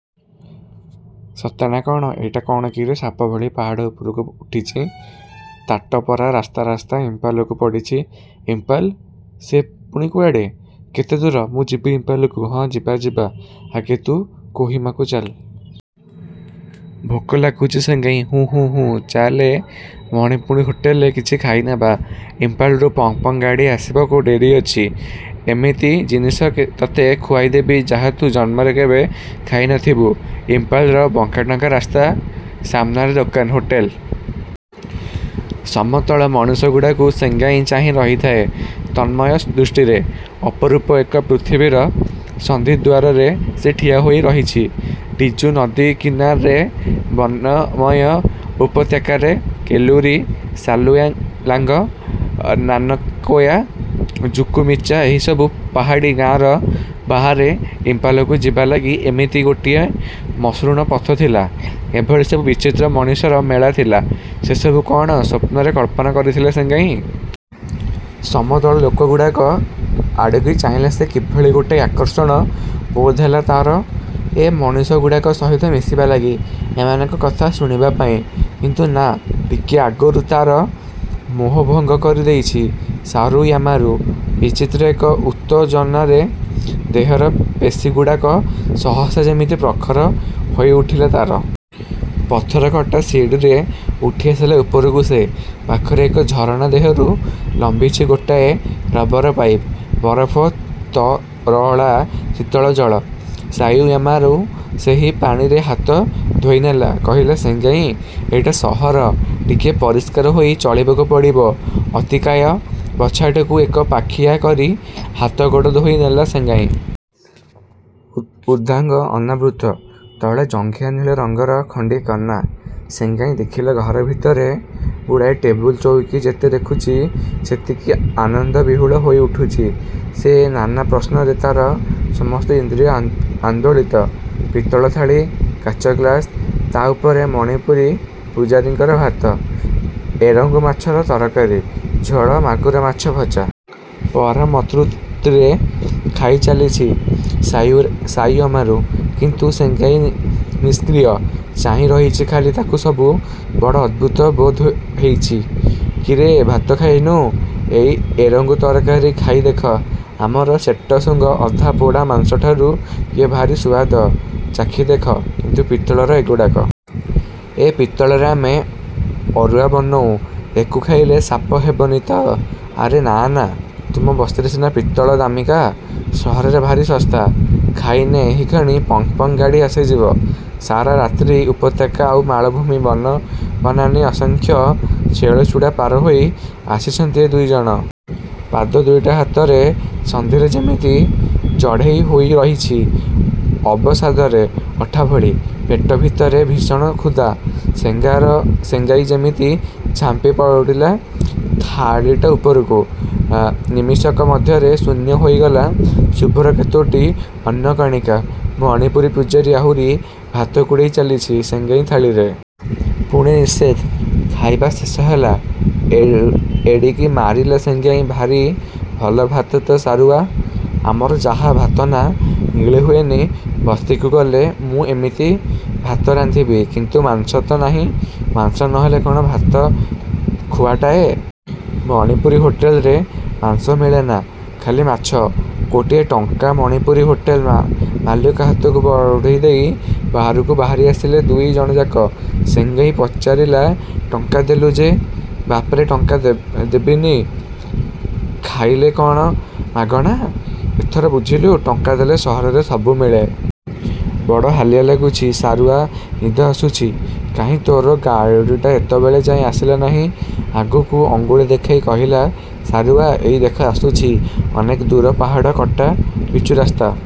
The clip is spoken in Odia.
ସତେ ନା କ'ଣ? ଏଇଟା କ'ଣ କିରେ ସାପ ଭଳି ପାହାଡ଼ ଉପରକୁ ଉଠିଚି। ତାଟ ପରା ରାସ୍ତା ରାସ୍ତା ଇମ୍ଫାଲକୁ ପଡ଼ିଚି। ଇମ୍ଫାଲ? ସେ ପୁଣି କୁଆଡ଼େ? କେତେ ଦୂର? ମୁଁ ଯିବି ଇମ୍ଫାଲକୁ। ହଁ, ଯିବା ଯିବା, ଆଗେ ତୁ କୋହିମାକୁ ଚାଲ। ଭୋକ ଲାଗୁଚି ସେଙ୍ଗାଇ? ''ହୁଁ ହୁଁ ହୁଁ।'' ଚାଲ ଏ ମଣିପୁରୀ ହୋଟେଲରେ କିଛି ଖାଇନେବା। ଇମ୍ଫାଲରୁ ପଙ୍କ୍ ପଙ୍କ୍ ଗାଡ଼ି ଆସିବାକୁ ଡେରି ଅଛି। ଏଇମିତି ଜିନିଷ ତତେ ଖୁଆଇବି ଯାହା ତୁ ଜନ୍ମରେ କେବେ ଖାଇ ନଥିବୁ। ଇମ୍ଫାଲର ବଙ୍କାଟଙ୍କା ରାସ୍ତା, ସାମନାରେ ଦୋକାନ, ହୋଟେଲ। ସମତଳର ମଣିଷଗୁଡ଼ାକୁ ସେଙ୍ଗାଇ ଚାହିଁ ରହିଥାଏ ତନ୍ମୟ ଦୃଷ୍ଟିରେ। ଅପରୂପ ଏକ ପୃଥିବୀର ସନ୍ଧିଦ୍ୱାରରେ ସେ ଠିଆହୋଇ ରହିଚି। ଟିଜୁ ନଦୀ କିନାରାରେ, ବନମୟ ଉପତ୍ୟକାରେ, କେଲୁରୀ, ସାଲୁୟାଲାଙ୍ଗ, ନାନକୋୟା, ଜୁକୁମିଚା ଏହିସବୁ ପାହାଡ଼ୀ ଗାଁର ବାହାରେ ଇମ୍ଫାଲକୁ ଯିବା ଲାଗି ଇମିତି ଗୋଟିଏ ମସୃଣ ପଥ ଥିଲା, ଏଭଳି ସବୁ ବିଚିତ୍ର ମଣିଷର ମେଳା ଥିଲା, ସେସବୁ କ'ଣ ସ୍ୱପ୍ନରେ କଳ୍ପନା କରିଥିଲା ସେଙ୍ଗାଇ? ସମତଳର ଲୋକଗୁଡ଼ାକ ଆଡ଼କି ଚାହିଁଲା ସେ କିଭଳି ଗୋଟାଏ ଆକର୍ଷଣ ବୋଧହେଲା ତାର ଏ ମଣିଷଗୁଡ଼ାକ ସହିତ ମିଶିବା ଲାଗି, ଏମାନଙ୍କ କଥା ଶୁଣିବା ପାଇଁ। କିନ୍ତୁ ନା, ଟିକିଏ ଆଗରୁ ତାର ମୋହଭଙ୍ଗ କରି ଦେଇଚି ସାରୁୟାମାରୁ। ବିଚିତ୍ର ଏକ ଉତ୍ତେଜନାରେ ଦେହର ପେଶୀଗୁଡ଼ାକ ସହସା ଯେମିତି ପ୍ରଖର ହୋଇଉଠିଲା ତାର। ପଥରକଟା ସିଡ଼ିରେ ଉଠିଆସିଲା ଉପରକୁ ସେ। ପାଖରେ ଏକ ଝରଣା ଦେହରୁ ଲମ୍ବିଚି ଗୋଟାଏ ରବରପାଇପ। ବରଫ ତରଳା ଶୀତଳ ଜଳ। ସାରୁୟାମାରୁ ସେହି ପାଣିରେ ହାତ ଧୋଇନେଲା। କହିଲା, ସେଙ୍ଗାଇ ଏଇଟା ସହର, ଟିକିଏ ପରିଷ୍କାର ହୋଇ ଚଳିବାକୁ ପଡ଼ିବ। ଅତିକାୟ ବର୍ଚ୍ଛାଟାକୁ ଏକପାଖିଆ କରି ହାତଗୋଡ଼ ଧୋଇ ନେଲା ସେଙ୍ଗାଇ। ଊର୍ଦ୍ଧ୍ୱାଙ୍ଗ ଅନାବୃତ୍ତ। ତଳେ ଜଙ୍ଘିଆ ନୀଳ ରଙ୍ଗର ଖଣ୍ଡିଏ କନା। ସେଙ୍ଗାଇ ଦେଖିଲା ଘର ଭିତରେ ଗୁଡ଼ାଏ ଟେବୁଲ, ଚୌକୀ। ଯେତେ ଦେଖୁଚି, ସେତିକି ଆନନ୍ଦବିହ୍ୱଳ ହୋଇଉଠୁଚି ସେ। ନାନା ପ୍ରଶ୍ନରେ ତାର ସମସ୍ତ ଇନ୍ଦ୍ରିୟ ଆନ୍ଦୋଳିତ। ପିତ୍ତଳ ଥାଳୀ, କାଚ ଗ୍ଲାସ, ତା ଉପରେ ମଣିପୁରୀ ପୂଜାରୀଙ୍କର ଭାତ, ଏରଙ୍ଗୁ ମାଛର ତରକାରୀ, ଝୋଳ, ମାଗୁର ମାଛର ଭଜା। ପରମତୃପ୍ତିରେ ଖାଇଚାଲିଚି ସାରୁୟାମାରୁ; କିନ୍ତୁ ସେଙ୍ଗାଇ ନିଷ୍କ୍ରିୟ। ଚାହିଁ ରହିଚି ଖାଲି ତାକୁ ସବୁ ବଡ଼ ଅଦ୍ଭୁତ ବୋଧହେଉଚି। କିରେ ଭାତ ଖାଉନୁ, ଏଇ ଏରଙ୍ଗୁ ତରକାରୀ ଖାଇ ଦେଖ। ଥାମର ସେଟସୁଙ୍ଗ ଅଧା ପୋଡ଼ା ମାଂସଠାରୁ ଇଏ ଭାରି ସୁଆଦ। ଚାଖି ଦେଖ। କିନ୍ତୁ ପିତ୍ତଳର ଏଗୁଡ଼ାକ। ଏ ପିତ୍ତଳରେ ଆମେ ଅରୁଆ ବନଉଁ, ୟାକୁ ଖାଇଲେ ପାପ ହେବନି ତ! ଆରେ ନାଁ ନାଁ, ତୁମ ବସ୍ତିରେ ସିନା ପିତ୍ତଳ ଦାମିକା, ସହରରେ ଭାରି ଶସ୍ତା। ଖାଇନେ, ଏହିକ୍ଷଣି ପଙ୍କ୍ ପଙ୍କ୍ ଗାଡ଼ି ଆସିଯିବ। ସାରା ରାତ୍ରି ଉପତ୍ୟକା ଆଉ ମାଳଭୂମି, ବନ ବନାନୀ, ଅସଂଖ୍ୟ ଶୈଳଚୂଡ଼ା ପାର ହୋଇ ଆସିଚନ୍ତି ଏ ଦୁଇଜଣ। ପାଦ ଦୁଇଟା ହାତର ସନ୍ଧିରେ ଯେମିତି ଜଡ଼େଇ ହୋଇରହିଛି ଅବସାଦରେ, ଅଠା ଭଳି। ପେଟ ଭିତରେ ଭୀଷଣ କ୍ଷୁଧା। ସେଙ୍ଗାଇ ଯେମିତି ଝାମ୍ପି ପଡ଼ିଲା ଥାଳୀଟା ଉପରକୁ। ନିମିଷକ ମଧ୍ୟରେ ଶୂନ୍ୟ ହୋଇଗଲା ଶୁଭ୍ର କେତୋଟି ଅନ୍ନକଣିକା। ମଣିପୁରୀ ପୂଜାରୀ ଆହୁରି ଭାତ କୁଢ଼େଇ ଚାଲିଚି ସେଙ୍ଗାଇ ଥାଳୀରେ। ପୁଣି। ନିଃଶେଷ। ଖାଇବା ଶେଷ ହେଲା। ଏଡ଼ିକି ମାରିଲା ସେଙ୍ଗାଇ ଭାରି ଭଲ ଭାତ ତ ସାରୁୟା! ଆମର ଯାହା ଭାତନା, ଗିଳି ହୁଏନି। ବସ୍ତିକୁ ଗଲେ ମୁଁ ଏମିତି ଭାତ ରାନ୍ଧିବି, କିନ୍ତୁ ମାଂସ ତ ନାହିଁ। ମାଂସ ନ ହେଲେ କ'ଣ ଭାତ ଖିଆଟାଏ? ମଣିପୁରୀ ହୋଟେଲରେ ମାଂସ ମିଳେନା, ଖାଲି ମାଛ। ଗୋଟିଏ ଟଙ୍କା ମଣିପୁରୀ ହୋଟେଲ ମାଲିକ ହାତକୁ ବଢ଼େଇ ଦେଇ ବାହାରକୁ ବାହାରି ଆସିଲେ ଦୁଇଜଣଯାକ। ସେଙ୍ଗାଇ ପଚାରିଲା ଟଙ୍କା ଦେଲୁ ଯେ! ବାପ୍ରେ, ଟଙ୍କା ଦେବିନି? ଖାଇଲେ କ'ଣ ମାଗଣା? ଏଥର ବୁଝିଲୁ, ଟଙ୍କା ଦେଲେ ସହରରେ ସବୁ ମିଳେ। ବଡ଼ ହାଲିଆ ଲାଗୁଚି ସାରୁୟା ନିଦ ଆସୁଚି। କାହିଁ ତୋର ଗାଡ଼ିଟା ଏତେବେଳେ ଯାଏ ଆସିଲା ନାହିଁ। ଆଗକୁ ଅଙ୍ଗୁଳି ଦେଖାଇ କହିଲା ସାରୁୟା ଏଇ ଦେଖ ଆସୁଚି। ଅନେକ ଦୂର ପାହାଡ଼ କଟା ପିଚୁରାସ୍ତା।